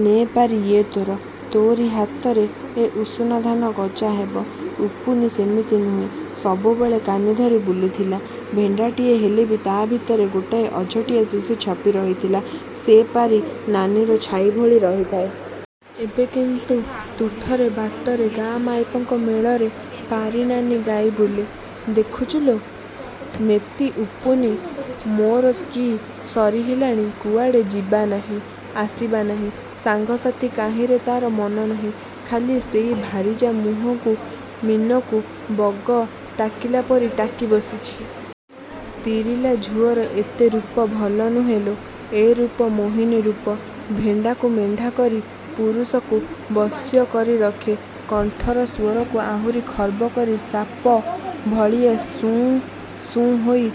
''ନେ ପାରି ୟେ ତୋର... ତୋରି ହାତରେ ଏ ଉଷୁନାଧାନ ଗଜା ହେବ। ' ଉପୁନୀ ସେମିତି ନୁହେଁ ସବୁବେଳେ କାନି ଧରି ବୁଲୁଥିଲା। ଭେଣ୍ଡାଟିଏ ହେଲେବି ତା' ଭିତରେ ଗୋଟାଏ ଅଝଟିଆ ଶିଶୁ ଛପି ରହିଥିଲା...। ସେ ପାରି ନାନୀର ଛାଇ ଭଳି ରହିଥାଏ-। ଏବେ କିନ୍ତୁ ତୁଠରେ, ବାଟରେ, ଗାଁ ମାଇପଙ୍କ ମେଳରେ ପାରି ନାନୀ ଗାଇ ବୁଲେ -। ଦେଖୁଚୁଲୋ ନେତୀ, ଉପୁନି ମୋର କି ସରି ହେଲାଣି, କୁଆଡ଼େ ଯିବା ନାହିଁ, ଆସିବା ନାହିଁ, ସାଙ୍ଗ ସାଥି କାହିଁରେ ତା'ର ମନ ନାହିଁ। ଖାଲି ସେଇ ଭାରିଜା ମୁହଁକୁ ମୀନକୁ ବଗ ଟାକିଲାପରି ଟାକି ବସିଛି। ତିରିଲା ଝୁଅର ଏତେ ରୂପ ଭଲ ନୁହେଁ ଲୋ। ଏ ରୂପ ମୋହିନୀ ରୂପ। ଭେଣ୍ଡାକୁ ମେଣ୍ଢା କରି ପୁରୁଷକୁ ବଶ୍ୟ କରି ରଖେ। କଣ୍ଠର ସ୍ୱରକୁ ଆହୁରି ଖର୍ବ କରି ସାପ ଭଳିଆ ସୁ, ସୁଁ ହୋଇ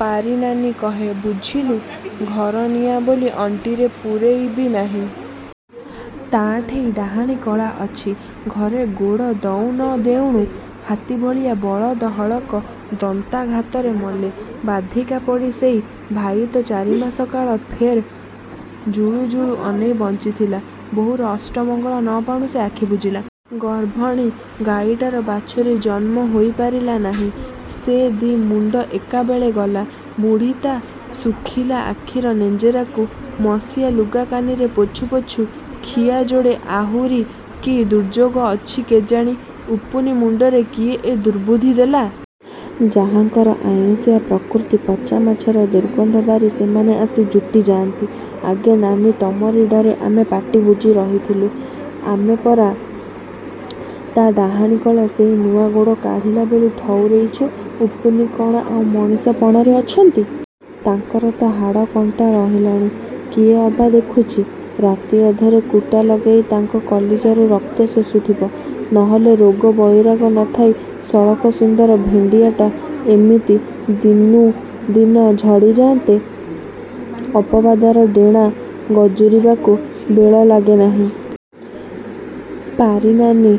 ପାରିନାନୀ କହେ, ବୁଝିଲୁ! ଘରନିଆଁ ବୋଲି ଅଣ୍ଟିରେ ପୂରେଇବି ନାହିଁ। ତା' ଠେଇଁ ଡାହାଣୀ କଳା ଅଛି। ଘରେ ଗୋଡ଼ ଦଉ ନ ଦେଉଣୁ ହାତୀ ଭଳିଆ ବଳଦ ହଳକ ଦନ୍ତାଘାତରେ ମଲେ। ବାଧିକା ପଡ଼ି ସେଇ ଭାଇତ ଚାରିମାସ କାଳ ଫେର୍ ଜୁଳୁଜୁଳୁ ଅନେଇ ବଞ୍ଚିଥିଲା। ବୋହୂର ଅଷ୍ଟ ମଙ୍ଗଳା ନ ପାଉଣୁ ସେ ଆଖି ବୁଜିଲା। ଗର୍ଭଣୀ ଗାଈଟାର ବାଛୁରୀ ଜନ୍ମ ହୋଇ ପାରିଲା ନାହିଁ ଯେ, ଦି ମୁଣ୍ଡ ଏକାବେଳେ ଗଲା। ବୁଢ଼ୀ ତା' ଶୁଖିଲା ଆଖିର ନେଞ୍ଜରାକୁ ମସିଆ ଲୁଗା କାନିରେ ପୋଛୁ ପୋଛୁ ଖିଅ ଯୋଡ଼େ ଆହୁରି କି ଦୁର୍ଯୋଗ ଅଛି କେଜାଣି? ଉପୁନୀ ମୁଣ୍ଡରେ କିଏ ଏ ଦୁର୍ବୁଦ୍ଧି ଦେଲା? ଯାହାଙ୍କର ଆଇଁସିଆ ପ୍ରକୃତି ପଚାମାଛର ଦୁର୍ଗନ୍ଧ ବାରି ସେମାନେ ଆସି ଯୁଟି ଯାଆନ୍ତି। ଆଗୋ ନାନୀ, ତମରି ଡରେ ଆମେ ପାଟି ବୁଜି ରହିଥିଲୁ। ଆମେ ପରା ତା' ଡାହାଣୀ କଳା ସେଇ ନୂଆ ଗୋଡ଼ କାଢ଼ିଲା ବେଳୁ ଠଉରେଇଛୁ। ଉପୁନି କ'ଣ ଆଉ ମଣିଷ ପଣରେ ଅଛନ୍ତି-। ତାଙ୍କର ତ ହାଡ଼ କଣ୍ଟା ରହିଲାଣି। କିଏ ଅବା ଦେଖୁଛି। ରାତି ଅଧରେ କୁଟା ଲଗେଇ ତାଙ୍କ କଲିଜାରୁ ରକ୍ତ ଶୋଷୁଥିବ। ନହେଲେ ରୋଗ, ବଇରାଗ ନଥାଇ ସଳଖ ସୁନ୍ଦର ଭେଣ୍ଡିଆଟା ଏମିତି ଦିନୁ ଦିନ ଝଡ଼ି ଯା'ନ୍ତେ? ଅପବାଦର ଡେଣା ଗଜୁରିବାକୁ ବେଳ ଲାଗେ ନାହିଁ। ପାରି ନାନୀ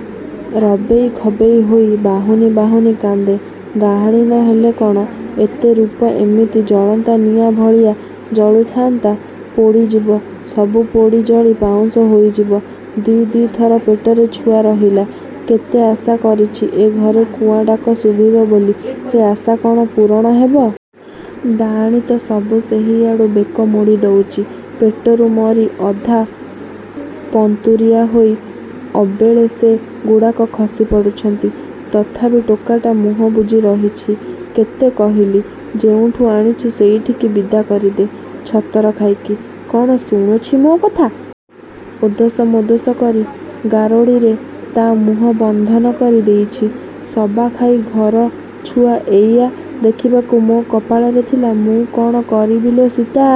ରବେଇ ଖବେଇ ହୋଇ ବାହୁନି ବାହୁନି କାନ୍ଦେ ଡାହାଣୀ ନ ହେଲେ କ'ଣ ଏତେ ରୂପ ଏମିତି ଜଳନ୍ତା ନିଆଁ ଭଳିଆ ଜଳୁଥାଆନ୍ତା। ପୋଡ଼ି ଯିବ, ସବୁ ପୋଡ଼ି ଜଳି ପାଉଁଶ ହୋଇଯିବ। ଦି' ଦି' ଥର ପେଟରେ ଛୁଆ ରହିଲା। କେତେ ଆଶା କରିଛି ଏଘରେ କୁଆଁ ଡାକ ଶୁଭିବ ବୋଲି ସେ ଆଶା କ'ଣ ପୂରଣ ହେବ? ଡାଆଣୀ ତ ସବୁ ସେହି ଆଡ଼ୁ ବେକ ମୋଡ଼ି ଦଉଚି। ପେଟରୁ ମରି ଅଧା ପନ୍ତୁରିଆ ହୋଇ ଅବେଳେ ସେ ଗୁଡ଼ାକ ଖସି ପଡ଼ୁଛନ୍ତି। ତଥାପି ଟୋକାଟା ମୁହଁ ବୁଜି ରହିଛି। କେତେ କହିଲି, ଯୋଉଁଠୁ ଆଣିଛୁ ସେଇଠିକି ବିଦା କରିଦେ, ଛତର ଖାଇକି। କ'ଣ ଶୁଣୁଛି ମୋ କଥା। ଓଷଦ ମୋଷଦ କରି ଗାରେଡ଼ିରେ ତା' ମୁହଁ ବନ୍ଧନ କରି ଦେଇଛି, ସବା ଖାଇ ଘର ଝୁଅ ଏଇଆ ଦେଖିବାକୁ ମୋ କପାଳରେ ଥିଲା। ମୁଁ କ'ଣ କରିବି ଲୋ! ସୀତା